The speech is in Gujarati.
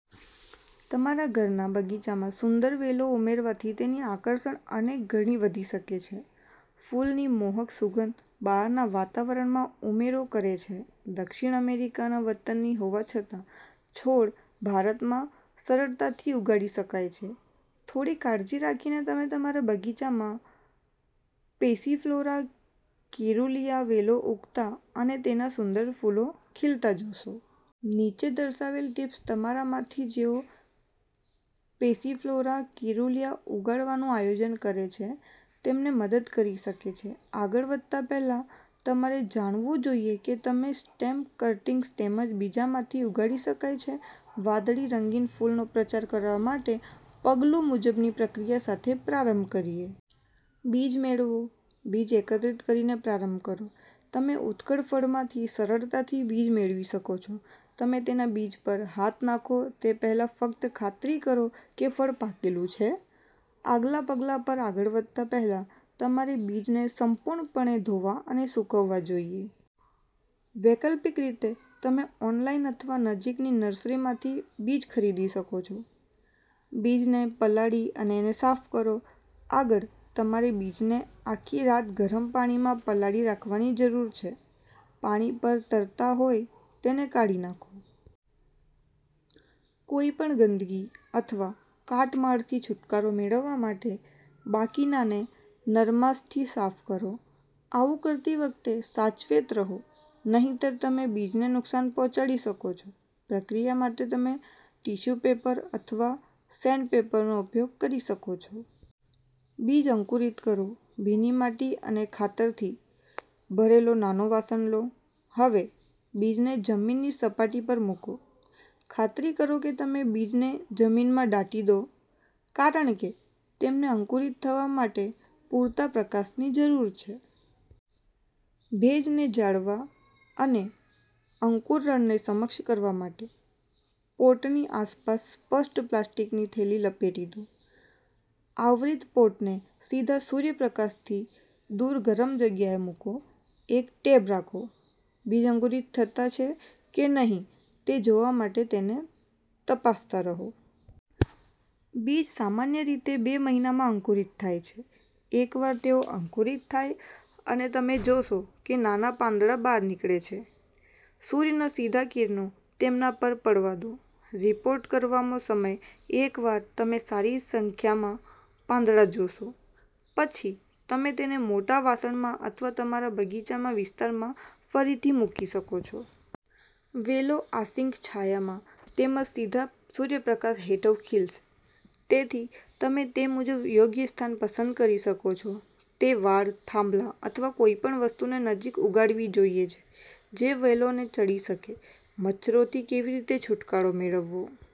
તમારા ઘરના બગીચામાં સુંદર વેલો ઉમેરવાથી તેની આકર્ષણ અનેક ગણી વધી શકે છે. ફૂલની મોહક સુગંધ બહારના વાતાવરણમાં ઉમેરો કરે છે. દક્ષિણ અમેરિકાના વતની હોવા છતાં, છોડ ભારતમાં સરળતાથી ઉગાડી શકાય છે. થોડી કાળજી રાખીને તમે તમારા બગીચામાં પેસિફ્લોરા કેરુલીઆ વેલો ઉગતા અને તેના સુંદર ફૂલો ખીલતા જોશો. નીચે દર્શાવેલ ટિપ્સ તમારામાંથી જેઓ પેસિફ્લોરા કેરુલીયા ઉગાડવાનું આયોજન કરે છે તેમને મદદ કરી શકે છે. આગળ વધતા પહેલા, તમારે જાણવું જોઈએ કે તે સ્ટેમ કટીંગ્સ તેમજ બીજમાંથી ઉગાડી શકાય છે. વાદળી-રંગીન ફૂલનો પ્રચાર કરવા માટે પગલું મુજબની પ્રક્રિયા સાથે પ્રારંભ કરીએ. બીજ મેળવો, બીજ એકત્રિત કરીને પ્રારંભ કરો. તમે ઉત્કટ ફળમાંથી સરળતાથી બીજ મેળવી શકો છો. તમે તેના બીજ પર હાથ નાખો તે પહેલાં ફક્ત ખાતરી કરો કે ફળ પાકેલું છે. આગલા પગલા પર આગળ વધતા પહેલા તમારે બીજને સંપૂર્ણપણે ધોવા અને સૂકવવા જોઈએ. વૈકલ્પિક રીતે, તમે ઓનલાઈન અથવા નજીકની નર્સરીમાંથી બીજ ખરીદી શકો છો. બીજને પલાળી અને સાફ કરો. આગળ, તમારે બીજને આખી રાત ગરમ પાણીમાં પલાળી રાખવાની જરૂર છે. પાણી પર તરતા હોય તેને કાઢી નાખો. કોઈ પણ ગંદકી અથવા કાટમાળથી છુટકારો મેળવવા માટે બાકીનાને નરમાશથી સાફ કરો. આવું કરતી વખતે સાવચેત રહો નહીંતર તમે બીજને નુકસાન પહોંચાડી શકો છો. પ્રક્રિયા માટે તમે ટીશ્યુ પેપર અથવા સેન્ડપેપરનો ઉપયોગ કરી શકો છો. બીજ અંકુરિત કરો, ભીની માટી અને ખાતરથી ભરેલો નાનો વાસણ લો. હવે, બીજને જમીનની સપાટી પર મૂકો. ખાતરી કરો કે તમે બીજને જમીનમાં દાટી દો કારણ કે તેમને અંકુરિત થવા માટે પૂરતા પ્રકાશની જરૂર છે. ભેજને જાળવવા અને અંકુરણને સક્ષમ કરવા માટે પોટની આસપાસ સ્પષ્ટ પ્લાસ્ટિકની થેલી લપેટી દો. આવરિત પોટને સીધા સૂર્યપ્રકાશથી દૂર ગરમ જગ્યાએ મૂકો. એક ટેબ રાખો. બીજ અંકુરિત થયા છે કે નહીં તે જોવા માટે તેને તપાસતા રહો. બીજ સામાન્ય રીતે બે મહિનામાં અંકુરિત થાય છે. એકવાર તેઓ અંકુરિત થાય અને તમે જોશો કે નાના પાંદડા બહાર નીકળે છે. સૂર્યના સીધા કિરણો તેમના પર પડવા દો. રીપોટ કરવાનો સમય એકવાર તમે સારી સંખ્યામાં પાંદડા જોશો, પછી તમે તેને મોટા વાસણમાં અથવા તમારા બગીચાના વિસ્તારમાં ફરીથી મૂકી શકો છો. વેલો આંશિક છાયામાં તેમજ સીધા સૂર્યપ્રકાશ હેઠળ ખીલશે. તેથી, તમે તે મુજબ યોગ્ય સ્થાન પસંદ કરી શકો છો. તે વાડ, થાંભલા અથવા એવી કોઈ વસ્તુની નજીક ઉગાડવી જોઈએ જે વેલોને ચઢી શકે. મચ્છરોથી કેવી રીતે છુટકારો મેળવવો?